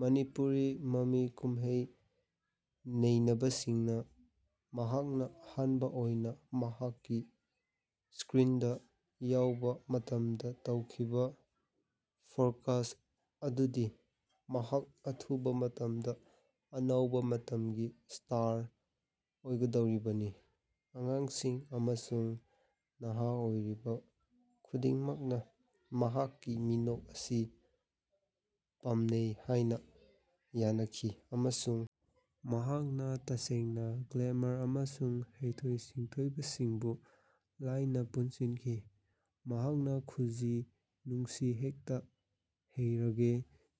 ꯃꯅꯤꯄꯨꯔꯤ ꯃꯃꯤ ꯀꯨꯝꯍꯩ ꯅꯩꯅꯕꯁꯤꯡꯅ ꯃꯍꯥꯛꯅ ꯑꯍꯥꯟꯕ ꯑꯣꯏꯅ ꯃꯍꯥꯛꯀꯤ ꯁ꯭ꯀ꯭ꯔꯤꯟꯗ ꯌꯥꯎꯕ ꯃꯇꯝꯗ ꯇꯧꯈꯤꯕ ꯐꯣꯔꯀꯥꯁꯠ ꯑꯗꯨꯗꯤ ꯃꯍꯥꯛ ꯑꯊꯨꯕ ꯃꯇꯝꯗ ꯑꯅꯧꯕ ꯃꯇꯝꯒꯤ ꯁ꯭ꯇꯥꯔ ꯑꯣꯏꯒꯗꯧꯔꯤꯕꯅꯤ꯫ ꯑꯉꯥꯡꯁꯤꯡ ꯑꯃꯁꯨꯡ ꯅꯍꯥ ꯑꯣꯏꯔꯤꯕ ꯈꯨꯗꯤꯡꯃꯛꯅ ꯃꯍꯥꯛꯀꯤ ꯃꯤꯅꯣꯛ ꯑꯁꯤ ꯄꯥꯝꯅꯩ ꯍꯥꯏꯅ ꯌꯥꯅꯈꯤ ꯑꯃꯁꯨꯡ ꯃꯍꯥꯛꯅ ꯇꯁꯦꯡꯅ ꯒ꯭ꯂꯦꯃꯔ ꯑꯃꯁꯨꯡ ꯍꯩꯊꯣꯏ-ꯁꯤꯡꯊꯣꯏꯕꯁꯤꯡꯕꯨ ꯂꯥꯏꯅ ꯄꯨꯟꯁꯤꯟꯈꯤ꯫ ꯃꯍꯥꯛꯅ ꯈꯨꯖꯤ, ꯅꯨꯡꯁꯤ ꯍꯦꯛꯇꯥ ꯍꯩꯔꯥꯒꯦ,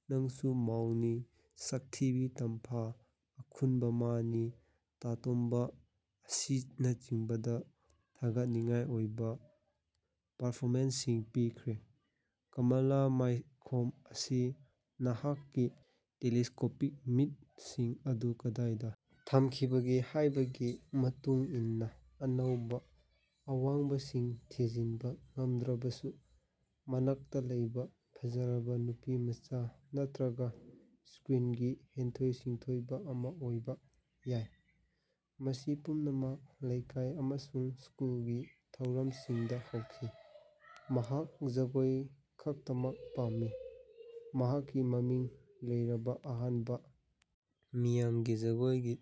ꯅꯪꯁꯨ ꯃꯧꯅꯤ, ꯁꯛꯊꯤꯕꯤ ꯇꯝꯐꯥ, ꯑꯈꯨꯟꯕꯥ ꯃꯅꯤ, ꯇꯥ ꯇꯣꯝꯕꯥ ꯑꯁꯤꯅꯆꯤꯡꯕꯗ ꯊꯥꯒꯠꯅꯤꯡꯉꯥꯏ ꯑꯣꯏꯕ ꯄꯔꯐꯣꯃꯦꯟꯁꯁꯤꯡ ꯄꯤꯈ꯭ꯔꯦ꯫ ꯀꯃꯂꯥ ꯃꯥꯏꯈꯣꯝ ꯑꯁꯤ ꯅꯍꯥꯛꯀꯤ ꯇꯦꯂꯤꯁ꯭ꯀꯣꯄꯤꯛ ꯃꯤꯠ(ꯁꯤꯡ) ꯑꯗꯨ ꯀꯗꯥꯏꯗ ꯊꯝꯈꯤꯕꯒꯦ ꯍꯥꯏꯕꯒꯤ ꯃꯇꯨꯡ ꯏꯟꯅ ꯑꯅꯧꯕ ꯑꯋꯥꯡꯕꯁꯤꯡ ꯊꯤꯖꯤꯟꯕ ꯉꯝꯗ꯭ꯔꯕꯁꯨ ꯃꯅꯥꯛꯇ ꯂꯩꯕ ꯐꯖꯔꯕ ꯅꯨꯄꯤꯃꯆꯥ ꯅꯠꯇ꯭ꯔꯒ ꯁ꯭ꯀ꯭ꯔꯤꯟꯒꯤ ꯍꯩꯊꯣꯏ-ꯁꯤꯡꯊꯣꯏꯕ ꯑꯃ ꯑꯣꯏꯕ ꯌꯥꯏ꯫ ꯃꯁꯤ ꯄꯨꯝꯅꯃꯛ ꯂꯩꯀꯥꯏ ꯑꯃꯁꯨꯡ ꯁ꯭ꯀꯨꯜꯒꯤ ꯊꯧꯔꯝꯁꯤꯡꯗ ꯍꯧꯈꯤ꯫ ꯃꯍꯥꯛ ꯖꯒꯣꯏ ꯈꯛꯇꯃꯛ ꯄꯥꯝꯃꯤ꯫ ꯃꯍꯥꯛꯀꯤ ꯃꯃꯤꯡ ꯂꯩꯔꯕ ꯑꯍꯥꯟꯕ ꯃꯤꯌꯥꯝꯒꯤ ꯖꯒꯣꯏꯒꯤ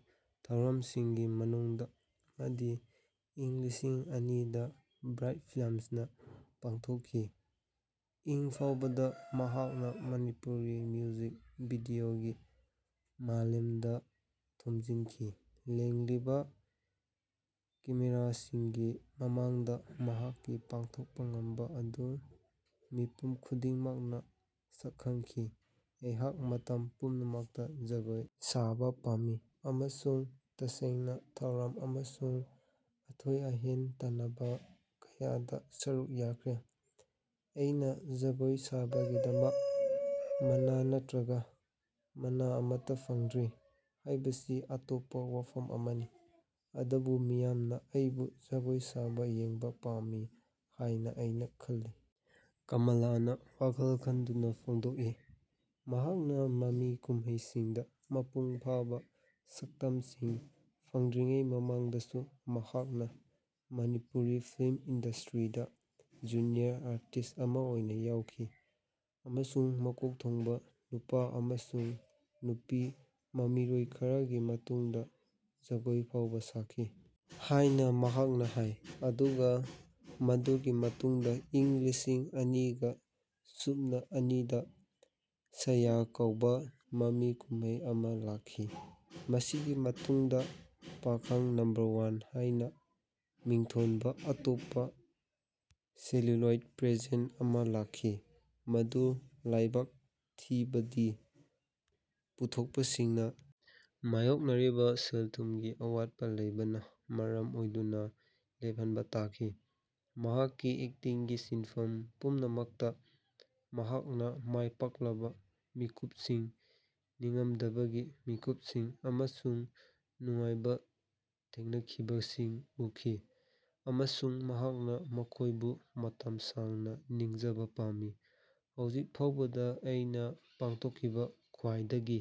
ꯊꯧꯔꯝꯁꯤꯡꯒꯤ ꯃꯅꯨꯡꯗ ꯑꯃꯗꯤ ꯏꯪ ꯂꯤꯁꯤꯡ ꯑꯅꯤꯗ ꯕ꯭ꯔꯥꯏꯠ ꯐꯤꯜꯃ꯭ꯁꯅ ꯄꯥꯡꯊꯣꯛꯈꯤ꯫ ꯏꯪ ꯐꯥꯎꯕꯗ ꯃꯍꯥꯛꯅ ꯃꯅꯤꯄꯨꯔꯤ ꯃ꯭ꯌꯨꯖꯤꯛ ꯚꯤꯗꯤꯑꯣꯒꯤ ꯃꯥꯂꯦꯝꯗ ꯊꯣꯝꯖꯤꯟꯈꯤ꯫ ꯂꯦꯡꯂꯤꯕ ꯀꯦꯃꯦꯔꯥꯁꯤꯡꯒꯤ ꯃꯃꯥꯡꯗ ꯃꯍꯥꯛꯀꯤ ꯄꯥꯡꯊꯣꯛꯄ ꯉꯝꯕ ꯑꯗꯨ ꯃꯤꯄꯨꯝ ꯈꯨꯗꯤꯡꯃꯛꯅ ꯁꯛꯈꯪꯈꯤ꯫ ꯑꯩꯍꯥꯛ ꯃꯇꯝ ꯄꯨꯝꯅꯃꯛꯇ ꯖꯒꯣꯏ ꯁꯥꯕ ꯄꯥꯝꯃꯤ ꯑꯃꯁꯨꯡ ꯇꯁꯦꯡꯅ ꯊꯧꯔꯝ ꯑꯃꯁꯨꯡ ꯑꯊꯣꯏ-ꯑꯍꯦꯟ ꯇꯥꯟꯅꯕ ꯀꯌꯥꯗ ꯁꯔꯨꯛ ꯌꯥꯈ꯭ꯔꯦ꯫ ꯑꯩꯅ ꯖꯒꯣꯏ ꯁꯥꯕꯒꯤꯗꯃꯛ ꯃꯅꯥ ꯅꯠꯇ꯭ꯔꯒ ꯃꯅꯥ ꯑꯃꯠꯇ ꯐꯪꯗ꯭ꯔꯤ ꯍꯥꯏꯕꯁꯤ ꯑꯇꯣꯞꯄ ꯋꯥꯐꯝ ꯑꯃꯅꯤ꯫ ꯑꯗꯨꯕꯨ ꯃꯤꯌꯥꯝꯅ ꯑꯩꯕꯨ ꯖꯒꯣꯏ ꯁꯥꯕ ꯌꯦꯡꯕ ꯄꯥꯝꯃꯤ ꯍꯥꯏꯅ ꯑꯩꯅ ꯈꯜꯂꯤ"꯫ ꯀꯃꯂꯥꯅ ꯋꯥꯈꯜ ꯈꯟꯗꯨꯅ ꯐꯣꯡꯗꯣꯛꯏ꯫ ꯃꯍꯥꯛꯅ ꯃꯃꯤ ꯀꯨꯝꯍꯩꯁꯤꯡꯗ ꯃꯄꯨꯡ ꯐꯥꯕ ꯁꯛꯇꯝꯁꯤꯡ ꯐꯪꯗ꯭ꯔꯤꯉꯩ ꯃꯃꯥꯡꯗꯁꯨ ꯃꯍꯥꯛꯅ ꯃꯅꯤꯄꯨꯔꯤ ꯐꯤꯜ꯭ꯃ ꯏꯟꯗꯁꯇ꯭ꯔꯤꯗ ꯖꯨꯅꯤꯌꯔ ꯑꯥꯔꯇꯤꯁꯠ ꯑꯃꯥ ꯑꯣꯏꯅ ꯌꯥꯎꯈꯤ ꯑꯃꯁꯨꯡ ꯃꯀꯣꯛ ꯊꯣꯡꯕ ꯅꯨꯄꯥ ꯑꯃꯁꯨꯡ ꯅꯨꯄꯤ ꯃꯃꯤꯔꯣꯏ ꯈꯔꯒꯤ ꯃꯇꯨꯡꯗ ꯖꯒꯣꯏ ꯐꯥꯎꯕ ꯁꯥꯈꯤ ꯍꯥꯏꯅ ꯃꯍꯥꯛꯅ ꯍꯥꯏ꯫ ꯑꯗꯨꯒ ꯃꯗꯨꯒꯤ ꯃꯇꯨꯡꯗ ꯏꯪ ꯂꯤꯁꯤꯡ ꯑꯅꯤꯒ ꯁꯨꯞꯅ ꯑꯅꯤꯗ ꯁꯥꯌꯥ ꯀꯧꯕ ꯃꯃꯤ ꯀꯨꯝꯍꯩ ꯑꯃ ꯂꯥꯛꯈꯤ꯫ ꯃꯁꯤꯒꯤ ꯃꯇꯨꯡꯗ ꯄꯥꯈꯡ ꯅꯝꯕꯔ ꯋꯥꯟ ꯍꯥꯏꯅ ꯃꯤꯡꯊꯣꯟꯕ ꯑꯇꯣꯞꯄ ꯁꯦꯂꯨꯂꯣꯏꯗ ꯄ꯭ꯔꯦꯖꯦꯛ ꯑꯃ ꯂꯥꯛꯈꯤ, ꯃꯗꯨ ꯂꯥꯏꯕꯛ ꯊꯤꯕꯗꯤ ꯄꯨꯊꯣꯛꯄꯁꯤꯡꯅ ꯃꯥꯌꯣꯛꯅꯔꯤꯕ ꯁꯦꯜ-ꯊꯨꯝꯒꯤ ꯑꯋꯥꯠꯄ ꯂꯩꯕꯅ ꯃꯔꯝ ꯑꯣꯏꯗꯨꯅ ꯂꯦꯞꯍꯟꯕ ꯇꯥꯈꯤ꯫ ꯃꯍꯥꯛꯀꯤ ꯑꯦꯛꯇꯤꯡꯒꯤ ꯁꯤꯟꯐꯝ ꯄꯨꯝꯅꯃꯛꯇ, ꯃꯍꯥꯛꯅ ꯃꯥꯏꯄꯥꯛꯂꯕ ꯃꯤꯀꯨꯞꯁꯤꯡ, ꯅꯤꯡꯉꯝꯗꯕꯒꯤ ꯃꯤꯀꯨꯞꯁꯤꯡ ꯑꯃꯁꯨꯡ ꯅꯨꯡꯉꯥꯏꯕ ꯊꯦꯡꯅꯈꯤꯕꯁꯤꯡ ꯎꯈꯤ ꯑꯃꯁꯨꯡ ꯃꯍꯥꯛꯅ ꯃꯈꯣꯏꯕꯨ ꯃꯇꯝ ꯁꯥꯡꯅ ꯅꯤꯡꯖꯕ ꯄꯥꯝꯃꯤ꯫ ꯍꯧꯖꯤꯛ ꯐꯥꯎꯕꯗ ꯑꯩꯅ ꯄꯥꯡꯊꯣꯛꯈꯤꯕ ꯈ꯭ꯋꯥꯏꯗꯒꯤ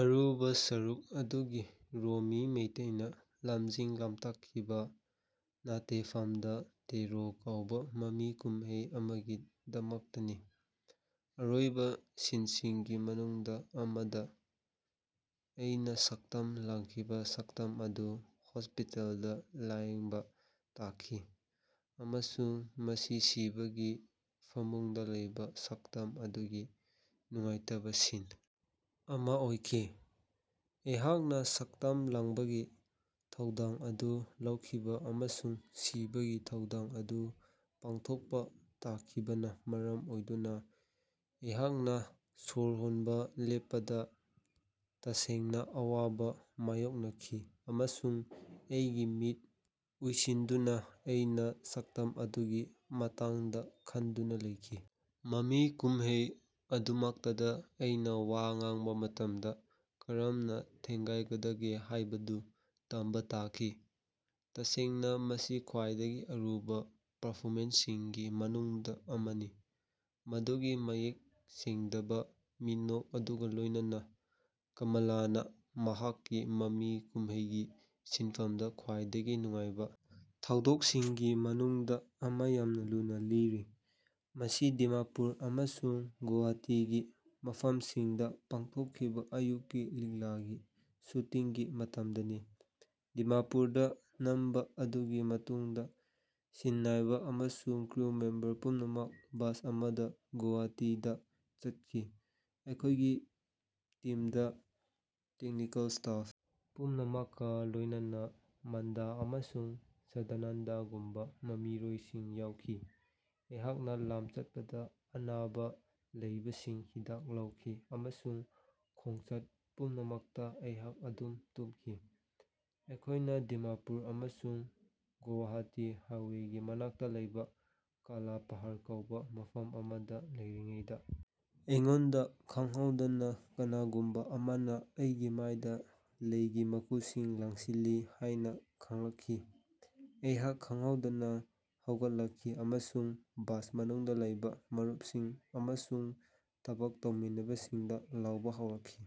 ꯑꯔꯨꯕ ꯁꯔꯨꯛ ꯑꯗꯨꯒꯤ ꯔꯣꯃꯤ ꯃꯩꯇꯩꯅ ꯂꯝꯖꯤꯡ-ꯂꯝꯇꯥꯛꯈꯤꯕ "ꯅꯥꯇꯦꯐꯝꯗꯥ ꯇꯦꯔꯣ" ꯀꯧꯕ ꯃꯃꯤ ꯀꯨꯝꯍꯩ ꯑꯃꯒꯤꯗꯃꯛꯇꯅꯤ꯫ ꯑꯔꯣꯏꯕ ꯁꯤꯟꯁꯤꯡꯒꯤ ꯃꯅꯨꯡꯗ ꯑꯃꯗ, ꯑꯩꯅ ꯁꯛꯇꯝ ꯂꯥꯡꯈꯤꯕ ꯁꯛꯇꯝ ꯑꯗꯨ ꯍꯣꯁꯄꯤꯇꯥꯜꯗ ꯂꯥꯌꯦꯡꯕ ꯇꯥꯈꯤ ꯑꯃꯁꯨꯡ ꯃꯁꯤ ꯁꯤꯕꯒꯤ ꯐꯃꯨꯡꯗ ꯂꯩꯕ ꯁꯛꯇꯝ ꯑꯗꯨꯒꯤ ꯅꯨꯡꯉꯥꯏꯇꯕ ꯁꯤꯟ ꯑꯃ ꯑꯣꯏꯈꯤ꯫ ꯑꯩꯍꯥꯛꯅ ꯁꯛꯇꯝ ꯂꯥꯡꯕꯒꯤ ꯊꯧꯗꯥꯡ ꯑꯗꯨ ꯂꯧꯈꯤꯕ ꯑꯃꯁꯨꯡ ꯁꯤꯕꯒꯤ ꯊꯧꯗꯥꯡ ꯑꯗꯨ ꯄꯥꯡꯊꯣꯛꯄ ꯇꯥꯈꯤꯕꯅ ꯃꯔꯝ ꯑꯣꯏꯗꯨꯅ, ꯑꯩꯍꯥꯛꯅ ꯁꯣꯔ ꯍꯣꯟꯕ ꯂꯦꯞꯄꯗ ꯇꯁꯦꯡꯅ ꯑꯋꯥꯕ ꯃꯥꯌꯣꯛꯅꯈꯤ ꯑꯃꯁꯨꯡ ꯑꯩꯒꯤ ꯃꯤꯠ ꯎꯏꯁꯤꯟꯗꯨꯅ ꯑꯩꯅ ꯁꯛꯇꯝ ꯑꯗꯨꯒꯤ ꯃꯇꯥꯡꯗ ꯈꯟꯗꯨꯅ ꯂꯩꯈꯤ꯫ ꯃꯃꯤ ꯀꯨꯝꯍꯩ ꯑꯗꯨꯃꯛꯇꯗ ꯑꯩꯅ ꯋꯥ ꯉꯥꯡꯕ ꯃꯇꯝꯗ ꯀꯔꯝꯅ ꯊꯦꯡꯒꯥꯏꯒꯗꯒꯦ ꯍꯥꯏꯕꯗꯨ ꯇꯝꯕ ꯇꯥꯈꯤ꯫ ꯇꯁꯦꯡꯅ ꯃꯁꯤ ꯈ꯭ꯋꯥꯏꯗꯒꯤ ꯑꯔꯨꯕ ꯄꯔꯐꯣꯃꯦꯟꯁꯁꯤꯡꯒꯤ ꯃꯅꯨꯡꯗ ꯑꯃꯅꯤ ꯫ ꯃꯗꯨꯒꯤ ꯃꯌꯦꯛ ꯁꯦꯡꯗꯕ ꯃꯤꯅꯣꯛ ꯑꯗꯨꯒ ꯂꯣꯏꯅꯅ, ꯀꯃꯂꯥꯅ ꯃꯍꯥꯛꯀꯤ ꯃꯃꯤ ꯀꯨꯝꯍꯩꯒꯤ ꯁꯤꯟꯐꯝꯗ ꯈ꯭ꯋꯥꯏꯗꯒꯤ ꯅꯨꯡꯉꯥꯏꯕ ꯊꯧꯗꯣꯛꯁꯤꯡꯒꯤ ꯃꯅꯨꯡꯗ ꯑꯃ ꯌꯥꯝꯅ ꯂꯨꯅ ꯂꯤꯔꯤ꯫ "ꯃꯁꯤ ꯗꯤꯃꯥꯄꯨꯔ ꯑꯃꯁꯨꯡ ꯒꯨꯋꯥꯍꯥꯇꯤꯒꯤ ꯃꯐꯝꯁꯤꯡꯗ ꯄꯥꯡꯊꯣꯛꯈꯤꯕ ꯑꯥꯌꯨꯛꯀꯤ ꯂꯤꯛꯂꯥꯒꯤ ꯁꯨꯇꯤꯡꯒꯤ ꯃꯇꯝꯗꯅꯤ꯫ ꯗꯤꯃꯥꯄꯨꯔꯗ ꯅꯝꯕ ꯑꯗꯨꯒꯤ ꯃꯇꯨꯡꯗ ꯁꯤꯟꯅꯥꯏꯕ ꯑꯃꯁꯨꯡ ꯀ꯭ꯔꯨ ꯃꯦꯝꯕꯔ ꯄꯨꯝꯅꯃꯛ ꯕꯁ ꯑꯃꯗ ꯒꯨꯋꯥꯍꯥꯇꯤꯗ ꯆꯠꯈꯤ꯫ ꯑꯩꯈꯣꯏꯒꯤ ꯇꯤꯝꯗ ꯇꯦꯛꯅꯤꯀꯦꯜ ꯁ꯭ꯇꯥꯐ ꯄꯨꯝꯅꯃꯛꯀ ꯂꯣꯏꯅꯅ ꯃꯟꯗꯥ ꯑꯃꯁꯨꯡ ꯁꯗꯥꯅꯟꯗꯒꯨꯝꯕ ꯃꯃꯤꯔꯣꯏꯁꯤꯡ ꯌꯥꯎꯈꯤ꯫ ꯑꯩꯍꯥꯛꯅ ꯂꯝ ꯆꯠꯄꯗ ꯑꯅꯥꯕ ꯂꯩꯕꯁꯤꯡ ꯍꯤꯗꯥꯛ ꯂꯧꯈꯤ ꯑꯃꯁꯨꯡ ꯈꯣꯡꯆꯠ ꯄꯨꯝꯅꯃꯛꯇ ꯑꯩꯍꯥꯛ ꯑꯗꯨꯝ ꯇꯨꯝꯈꯤ꯫ ꯑꯩꯈꯣꯏꯅ ꯗꯤꯃꯥꯄꯨꯔ ꯑꯃꯁꯨꯡ ꯒꯨꯋꯥꯍꯥꯇꯤ ꯍꯥꯏꯋꯦꯒꯤ ꯃꯅꯥꯛꯇ ꯂꯩꯕ ꯀꯥꯂꯥ ꯄꯍꯥꯔ ꯀꯧꯕ ꯃꯐꯝ ꯑꯃꯗ ꯂꯩꯔꯤꯉꯩꯗ ꯑꯩꯉꯣꯟꯗ ꯈꯡꯍꯧꯗꯅ ꯀꯅꯥꯒꯨꯝꯕ ꯑꯃꯅ ꯑꯩꯒꯤ ꯃꯥꯏꯗ ꯂꯩꯒꯤ ꯃꯀꯨꯁꯤꯡ ꯂꯪꯁꯤꯜꯂꯤ ꯍꯥꯏꯅ ꯈꯪꯂꯛꯈꯤ, ꯑꯩꯍꯥꯛ ꯈꯡꯍꯧꯗꯅ ꯍꯧꯒꯠꯂꯛꯈꯤ ꯑꯃꯁꯨꯡ ꯕꯁ ꯃꯅꯨꯡꯗ ꯂꯩꯕ ꯃꯔꯨꯞꯁꯤꯡ ꯑꯃꯁꯨꯡ ꯊꯕꯛ ꯇꯧꯃꯤꯟꯅꯕꯁꯤꯡꯗ ꯂꯥꯎꯕ ꯍꯧꯔꯛꯈꯤ꯫